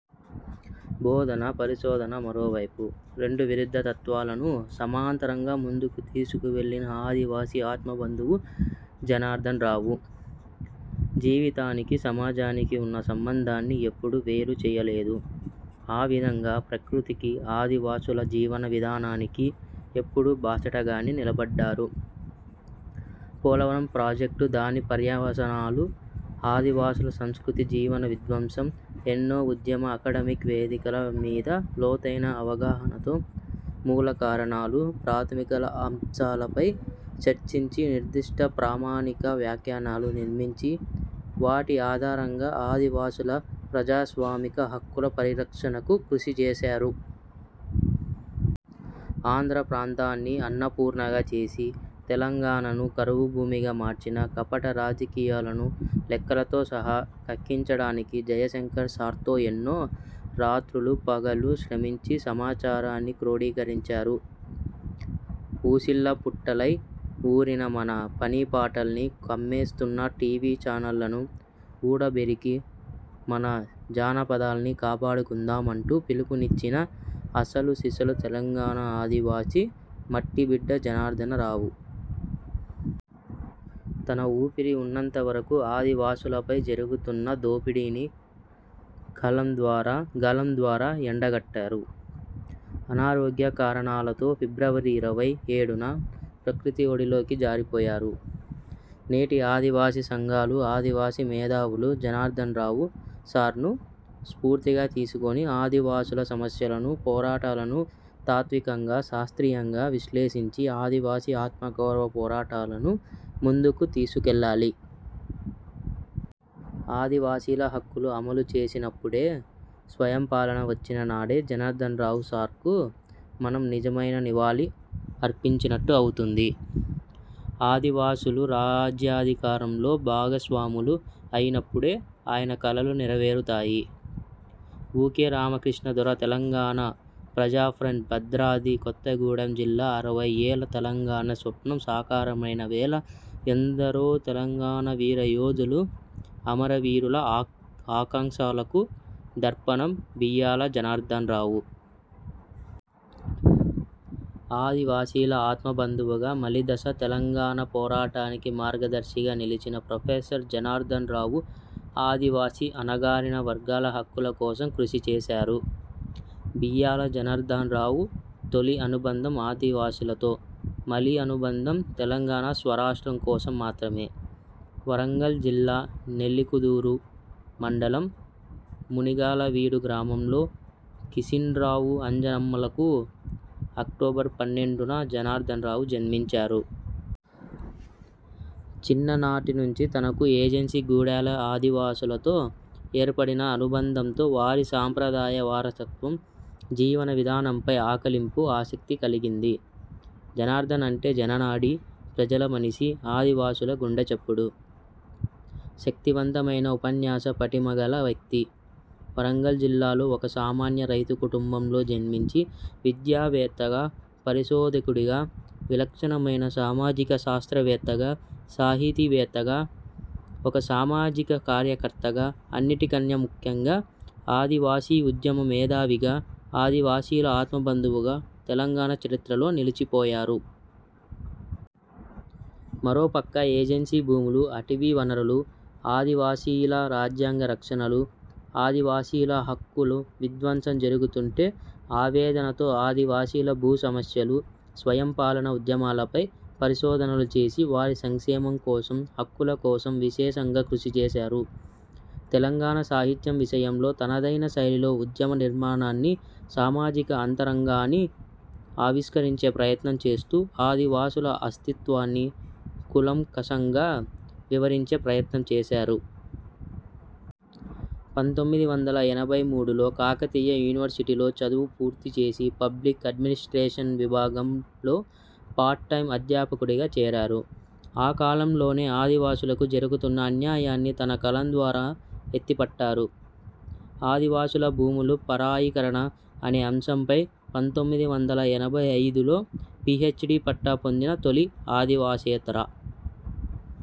బోధన పరిశోధన మరోవైపు, రెండు విరుద్ధ తత్వాలనూ సమాంతరంగా ముందుకు తీసుకువెళ్ళిన ఆదివాసీ ఆత్మబంధువు జనార్దన్రావు. జీవితానికీ, సమాజానికీ ఉన్న సంబంధాన్ని ఎప్పుడూ వేరుచేయలేదు. ఆ విధంగా ప్రకృతికీ, ఆదివాసుల జీవన విధానానికీ ఎప్పుడూ బాసటగానే నిలబడ్డారు. పోలవరం ప్రాజెక్టు దాని పర్యవసానాలు ఆదివాసుల సంస్కృతి జీవన విధ్వంసం, ఎన్నో ఉద్యమ అకడమిక్ వేదికల మీద లోతైన అవగాహనతో, మూల కారణాలు, ప్రాథమిక అంశాలపై చర్చించి నిర్దిష్ట ప్రామాణిక వ్యాఖ్యానాలు నిర్మించి, వాటి ఆధారంగా ఆదివాసుల ప్రజాస్వామిక హక్కుల పరిరక్షణకు కృషి చేశారు. ఆంధ్ర ప్రాంతాన్ని అన్నపూర్ణగా చేసి తెలంగాణను కరువు భూమిగా మార్చిన కపట రాజకీయాలనూ లెక్కలతో సహ కక్కించడానికి జయశంకర్ సార్తో ఎన్నో రాత్రులు, పగలు శ్రమంచి సమాచారాన్ని క్రోడీకరించారు. ఉసిళ్ళ పుట్టలై ఊరిన మన పనిపాటల్ని కమ్మేస్తున్న టీవీ చానళ్ళను ఊడబెరికి మన జానపదాల్ని కాపాడుకుందాం అంటూ పిలుపునిచ్చిన అసలు సిసలు తెలంగాణ ఆదివాసీ మట్టి బిడ్డ జనార్దన్ రావు. తన ఊపిరి ఉన్నంత వరకూ ఆదివాసులపై జరుగుతున్న దోపిడీని కలం ద్వారా, గళం ద్వారా ఎండగట్టారు. అనారోగ్య కారణాలతో ఫిబ్రవరి ఇరవై ఏడున ప్రకృతి ఒడిలోకి జారిపోయారు. నేటి ఆదివాసీ సంఘాలు, ఆదివాసీ మేధావులు జనార్దన్రావు సార్ను స్ఫూర్తిగా తీసుకొని ఆదివాసుల సమస్యలనూ, పోరాటాలనూ తాత్వికంగా, శాస్త్రీయంగా విశ్లేషించి ఆదివాసీ ఆత్మగౌరవ పోరాటాలను ముందుకు తీసుకువెళ్ళాలి. ఆదివాసీల హక్కులు అమలు చేసినపుడే, స్వయం పాలన వచ్చిన నాడే జనార్దన్రావు సార్కు మనం నిజమైన నివాళి అర్పించినట్టు అవుతుంది. ఆదివాసులు రాజ్యాధికారంలో భాగస్వాములు అయినపుడే ఆయన కలలు నెరవేరుతాయి. వూకె రామకృష్ణ దొర తెలంగాణ ప్రజాఫ్రంట్, భద్రాద్రి కొత్తగూడెం జిల్లా అరవై ఏళ్ళ తెలంగాణ స్వప్నం సాకారమైన వేళ ఎందరో తెలంగాణ వీరయోధుల, అమరవీరుల ఆకాంక్షలకూ దర్పణం బియ్యాల జనార్దన్రావు. ఆదివాసీల ఆత్మబంధువుగా మలిదశ తెలంగాణ పోరాటానికి మార్గదర్శిగా నిలిచిన ప్రొఫెసర్ జనార్దన్రావు ఆదివాసీ అణగారిన వర్గాల హక్కుల కోసం కృషి చేశారు. బియ్యాల జనార్దన్రావు తొలి అనుబంధం ఆదివాసులతో. మలి అనుబంధం తెలంగాణ స్వరాష్ట్రం కోసం మాత్రమే. వరంగల్ జిల్లా నెల్లికుదురు మండలం మునిగలవీడు గ్రామంలో కిషన్రావు, అంజమ్మలకు అక్టోబర్ పన్నెండున జనార్దన్రావు జన్మించారు. చిన్న నాటి నుంచి తనకు ఏజెన్సీ గూడేల ఆదివాసులతో ఏర్పడిన అనుబంధంతో వారి సాంప్రదాయ వారసత్వం, జీవన విధానంపై ఆకళింపు, ఆసక్తి కలిగింది. జనార్దన్ అంటే జననాడి, ప్రజల మనిషి, ఆదివాసుల గుండెచప్పుడు. శక్తిమంతమైన ఉపన్యాస పటిమగల వ్యక్తి. వరంగల్ జిల్లాలో ఒక సామాన్య రైతు కుటుంబంలో జన్మించి విద్యావేత్తగా, పరిశోధకుడిగా విలక్షణమైన సామాజిక శాస్త్రవేత్తగా, సాహితీవేత్తగా, ఒక సామాజిక కార్యకర్తగా అన్నిటికన్నా ముఖ్యంగా ఆదివాసీ ఉద్యమ మేధావిగా, ఆదివాసీల ఆత్మబంధువుగా తెలంగాణ చరిత్రలో నిలిచిపోయారు. మరోపక్క ఏజెన్సీ భూములు, అటవీ వనరులు, ఆదివాసీల రాజ్యాంగ రక్షణలు, ఆదివాసీల హక్కుల విధ్వంసం జరుగుతుంటే ఆవేదనతో ఆదివాసీల భూ సమస్యలు, స్వయం పాలన ఉద్యమాలపై పరిశోధనలు చేసి వారి సంక్షేమం కోసం, హక్కుల కోసం విశేషంగా కృషి చేశారు. తెలంగాణ సాహిత్యం విషయంలో తనదైన శైలిలో ఉద్యమ నిర్మాణాన్ని సామాజిక అంతరంగాన్ని ఆవిష్కరించే ప్రయత్నం చేస్తూ ఆదివాసుల అస్తిత్వాన్ని కూలంకషంగా వివరించే ప్రయత్నం చేశారు. పంతొమ్మిది వందల ఎనభై మూడులో కాకతీయ యూనివర్సిటీలో చదువు పూర్తి చేసి పబ్లిక్ అడ్మినిస్ర్టేషన్ విభాగంలో పార్ట్ టైం అధ్యాపకుడిగా చేరారు. ఆ కాలంలోనే ఆదివాసులకు జరుగుతున్న అన్యాయాన్ని తన కలం ద్వారా ఎత్తిపట్టారు. ఆదివాసుల భూములు పరాయీకరణ అనే అంశంపై పంతొమ్మిది వందల ఎనభై ఐదులో పీహెచ్డీ పట్టా పొందిన తొలి ఆదివాసేతర